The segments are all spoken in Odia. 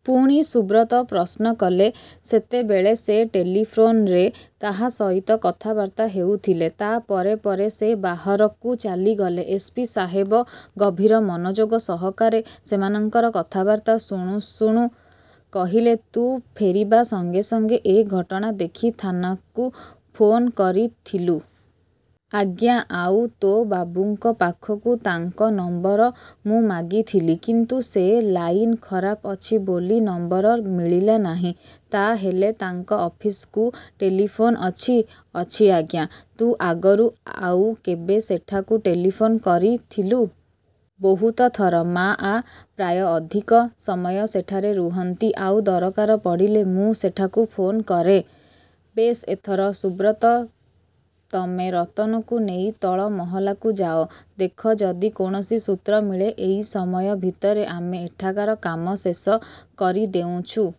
' ପୁଣି ସୁବ୍ରତ ପ୍ରଶ୍ନ କଲେ। 'ସେତେବେଳେ ସେ ଟେଲିଫୋନ୍ରେ କାହା ସହିତ କଥାବାର୍ତ୍ତା ହେଉଥିଲେ। ତା ପରେ ପରେ ସେ ବାହାରକୁ ଚାଲିଗଲେ। ' ଏସ୍. ପି. ସାହେବ ଗଭୀର ମନଯୋଗ ସହକାରେ ସେମାନଙ୍କର କଥାବାର୍ତ୍ତା ଶୁଣୁ ଶୁଣୁ କହିଲେ, 'ତୁ ଫେରିବା ସଙ୍ଗେ ସଙ୍ଗେ ଏ ଘଟଣା ଦେଖି ଥାନାକୁ ଫୋନ୍କରିଥିଲୁ? ' 'ଆଜ୍ଞା! ' 'ଆଉ ତୋ ବାବୁଙ୍କ ପାଖକୁ? ' 'ତାଙ୍କ ନମ୍ବର ମୁଁ ମାଗିଥିଲି। କିନ୍ତୁ ସେ ଲାଇନ ଖରାପ ଅଛି ବୋଲି ନମ୍ବର ମିଳିଲା ନାହିଁ। ' 'ତା'ହେଲେ ତାଙ୍କ ଅଫିସ୍କୁ ଟେଲିଫୋନ୍ ଅଛି? ' 'ଅଛି, ଆଜ୍ଞା! ' 'ତୁ ଆଗରୁ ଆଉ କେବେ ସେଠାକୁ ଟେଲିଫୋନ୍ କରିଥିଲୁ? ' 'ବହୁତ ଥର। ମାଆ ପ୍ରାୟ ଅଧିକ ସମୟ ସେଠାରେ ରୁହନ୍ତି। ଆଉ ଦରକାର ପଡ଼ିଲେ ମୁଁ ସେଠାକୁ ଫୋନ କରେଁ। ' 'ବେଶ୍ ଏଥର ସୁବ୍ରତ ତମେ ରତନକୁ ନେଇ ତଳ ମହଲାକୁ ଯାଅ। ଦେଖ ଯଦି କୌଣସି ସୂତ୍ର ମିଳେ। ଏଇ ସମୟ ଭିତରେ ଆମେ ଏଠାକାର କାମ ଶେଷ କରିଦେଉଛୁଁ। '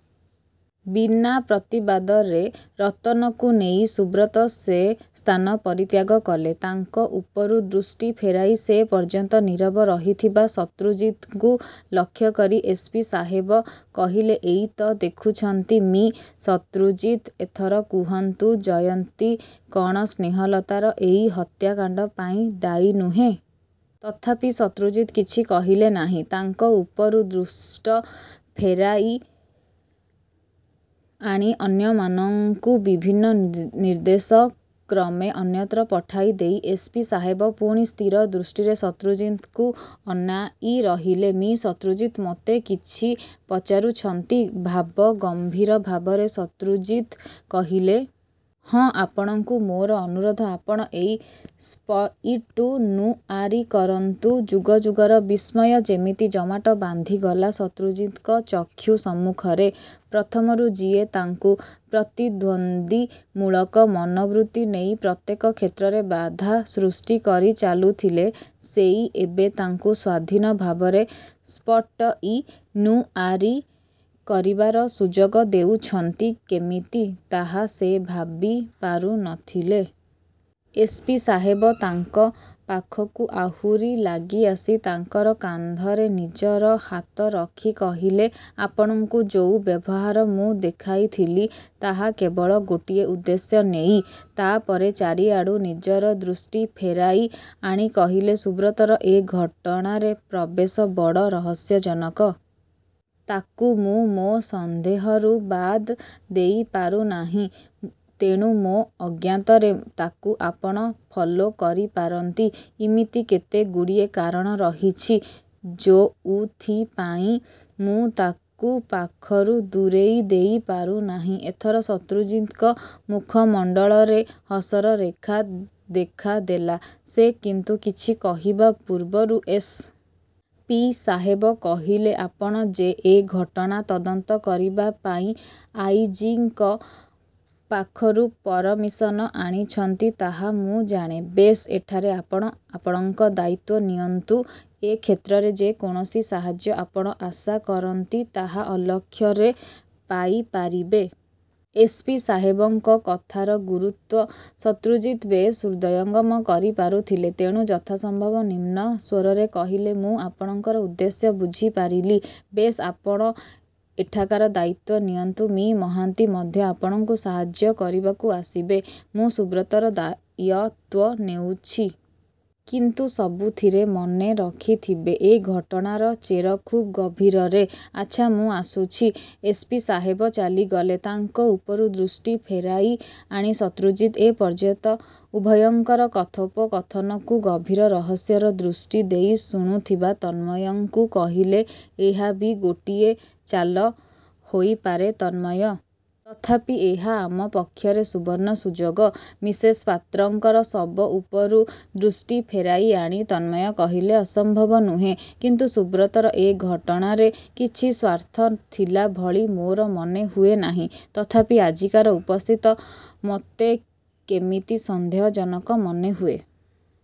ବିନା ପ୍ରତିବାଦରେ ରତନକୁ ନେଇ ସୁବ୍ରତ ସେ ସ୍ଥାନ ପରିତ୍ୟାଗ କଲେ। ତାଙ୍କ ଉପରୁ ଦୃଷ୍ଟି ଫେରାଇ ସେପର୍ଯ୍ୟନ୍ତ ନୀରବ ରହିଥିବା ଶତ୍ରୁଜିତଙ୍କୁ ଲକ୍ଷ୍ୟ କରି ଏସ୍. ପି. ସାହେବ କହିଲେ, 'ଏଇ ତ ଦେଖୁଛନ୍ତି, ମି: ଶତ୍ରୁଜିତ! ଏଥର କୁହନ୍ତୁ ଜୟନ୍ତୀ କଣ ସ୍ନେହଲତାର ଏଇ ହତ୍ୟାକାଣ୍ଡ ପାଇଁ ଦାୟୀ ନୁହେଁ? ' ତଥାପି ଶତ୍ରୁଜିତ କିଛି କହିଲେ ନାହିଁ। ତାଙ୍କ ଉପରୁ ଦୃଷ୍ଟ ଫେରାଇଆଣି ଅନ୍ୟମାନଙ୍କୁ ବିଭିନ୍ନ ନିର୍ଦ୍ଦେଶକ୍ରମେ ଅନ୍ୟତ୍ର ପଠାଇଦେଇ ଏସ୍. ପି. ସାହେବ ପୁଣି ସ୍ଥିରଦୃଷ୍ଟିରେ ଶତ୍ରୁଜିତଙ୍କୁ ଅନାଇ ରହିଲେ। 'ମି: ଶତ୍ରୁଜିତ! ' 'ମୋତେ କିଛି ପଚାରୁଛନ୍ତି? ' ଭାବଗମ୍ଭୀର ଭାବରେ ଶତ୍ରୁଜିତ କହିଲେ। 'ହଁ, ଆପଣଙ୍କୁ। ମୋର ଅନୁରୋଧ, ଆପଣ ଏଇ ସ୍ପଟ୍ଇନ୍କୁଆରୀ କରନ୍ତୁ। ' ଯୁଗ ଯୁଗର ବିସ୍ମୟ ଯେମିତି ଜମାଟ ବାନ୍ଧିଗଲା ଶତ୍ରୁଜିତଙ୍କ ଚକ୍ଷୁ ସମ୍ମୁଖରେ। ପ୍ରଥମରୁ ଯିଏ ତାଙ୍କୁ ପ୍ରତିନ୍ଦ୍ୱନ୍ଦୀମୂଳକ ମନୋବୃତ୍ତି ନେଇ ପ୍ରତ୍ୟେକ କ୍ଷେତ୍ରରେ ବାଧା ସୃଷ୍ଟି କରି ଚାଲୁଥିଲେ, ସେଇ ଏବେ ତାଙ୍କୁ ସ୍ୱାଧୀନ ଭାବରେ ସ୍ପଟ୍ଇନ୍କୁଆରୀ କରିବାର ସୁଯୋଗ ଦେଉଛନ୍ତି କେମିତି, ତାହା ସେ ଭାବି ପାରୁ ନ ଥିଲେ। ଏସ୍. ପି ସାହେବ ତାଙ୍କ ପାଖକୁ ଆହୁରି ଲାଗିଆସି ତାଙ୍କର କାନ୍ଧରେ ନିଜର ହାତ ରଖି କହିଲେ, 'ଆପଣଙ୍କୁ ଯୋଉ ବ୍ୟବହାର ମୁଁ ଦେଖାଇଥିଲି ତାହା କେବଳ ଗୋଟିଏ ଉଦ୍ଦେଶ୍ୟ ନେଇ-। ' ତା'ପରେ ଚାରିଆଡ଼ୁ ନିଜର ଦୃଷ୍ଟି ଫେରାଇଆଣି କହିଲେ, 'ସୁବ୍ରତର ଏ ଘଟଣାରେ ପ୍ରବେଶ ବଡ଼ ରହସ୍ୟଜନକ। ତାକୁ ମୁଁ ମୋ ସନ୍ଦେହରୁ ବାଦ ଦେଇପାରୁନାହିଁ। ତେଣୁ ମୋ ଅଜ୍ଞାତରେ ତାକୁ ଆପଣ ଫଲୋ କରିପାରନ୍ତି। ଇମିତି କେତେଗୁଡ଼ିଏ କାରଣ ରହିଛି, ଯୋଉଥିପାଇଁ ମୁଁ ତାକୁ ପାଖରୁ ଦୂରେଇଦେଇ ପାରୁନାହିଁ। ଏଥର ଶତ୍ରୁଜିତଙ୍କ ମୁଖମଣ୍ଡଳରେ ହସର ରେଖା ଦେଖା ଦେଲା। ସେ କିନ୍ତୁ କିଛି କହିବା ପୂର୍ବରୁ ଏସ୍. ପି. ସାହେବ କହିଲେ, 'ଆପଣ ଯେ ଏ ଘଟଣା ତଦନ୍ତ କରିବାପାଇଁ ଆଇ: ଜି: ଙ୍କ ପାଖରୁ ପରମିଶନ ଆଣିଛନ୍ତି ତାହା, ମୁଁ ଜାଣେ। ବେଶ୍, ଏଠାରେ ଆପଣ ଆପଣଙ୍କ ଦାୟିତ୍ୱ ନିଅନ୍ତୁ। ଏ କ୍ଷେତ୍ରରେ ଯେ କୌଣସି ସାହାଯ୍ୟ ଆପଣ ଆଶା କରନ୍ତି ତାହା ଅଲକ୍ଷ୍ୟରେ ପାଇପାରିବେ। ଏସ୍. ପି. ସାହେବଙ୍କ କଥାର ଗୁରୁତ୍ୱ ଶତ୍ରୁଜିତ ବେଶ୍ ହୃଦୟଙ୍ଗମ କରିପାରୁଥିଲେ। ତେଣୁ ଯଥାସମ୍ଭବ ନିମ୍ନ ସ୍ୱରରେ କହିଲେ, 'ମୁଁ ଆପଣଙ୍କର ଉଦ୍ଦେଶ୍ୟ ବୁଝିପାରିଲି। ' 'ବେଶ୍, ଆପଣ ଏଠାକାର ଦାୟିତ୍ୱ ନିଅନ୍ତୁ। ମି: ମହାନ୍ତି ମଧ୍ୟ ଆପଣଙ୍କୁ ସାହାଯ୍ୟ କରିବାକୁ ଆସିବେ। ମୁଁ ସୁବ୍ରତର ଦାୟତ୍ୱ ନେଉଛି। କିନ୍ତୁ ସବୁଥିରେ ମନେ ରଖିଥିବେ ଏ ଘଟଣାର ଚେର ଖୁବ୍ ଗଭୀରରେ। ଆଚ୍ଛା, ମୁଁ ଆସୁଛି। ' ଏସ୍. ପି ସାହେବ ଚାଲିଗଲେ। ତାଙ୍କ ଉପରୁ ଦୃଷ୍ଟି ଫେରାଇଆଣି ଶତ୍ରୁଜିତ ଏପର୍ଯ୍ୟନ୍ତ ଉଭୟଙ୍କର କଥୋପକଥନକୁ ଗଭୀର ରହସ୍ୟର ଦୃଷ୍ଟି ଦେଇ ଶୁଣୁଥିବା ତନ୍ମୟଙ୍କୁ କହିଲେ, 'ଏହା ବି ଗୋଟିଏ ଚାଲ ହୋଇପାରେ, ତନ୍ମୟ! ତଥାପି ଏହା ଆମ ପକ୍ଷରେ ସୁବର୍ଣ୍ଣସୁଯୋଗ। ' ମିସେସ୍ ପାତ୍ରଙ୍କର ଶବ ଉପରୁ ଦୃଷ୍ଟି ଫେରାଇଆଣି ତନ୍ମୟ କହିଲେ, 'ଅସମ୍ଭବ ନୁହେଁ। କିନ୍ତୁ ସୁବ୍ରତର ଏ ଘଟଣାରେ କିଛି ସ୍ୱାର୍ଥ ଥିଲା ଭଳି ମୋର ମନେ ହୁଏ ନାହିଁ। ତଥାପି ଆଜିକାର ଉପସ୍ଥିତ ମୋତେ କେମିତି ସନ୍ଦେହଜନକ ମନେହୁଏ।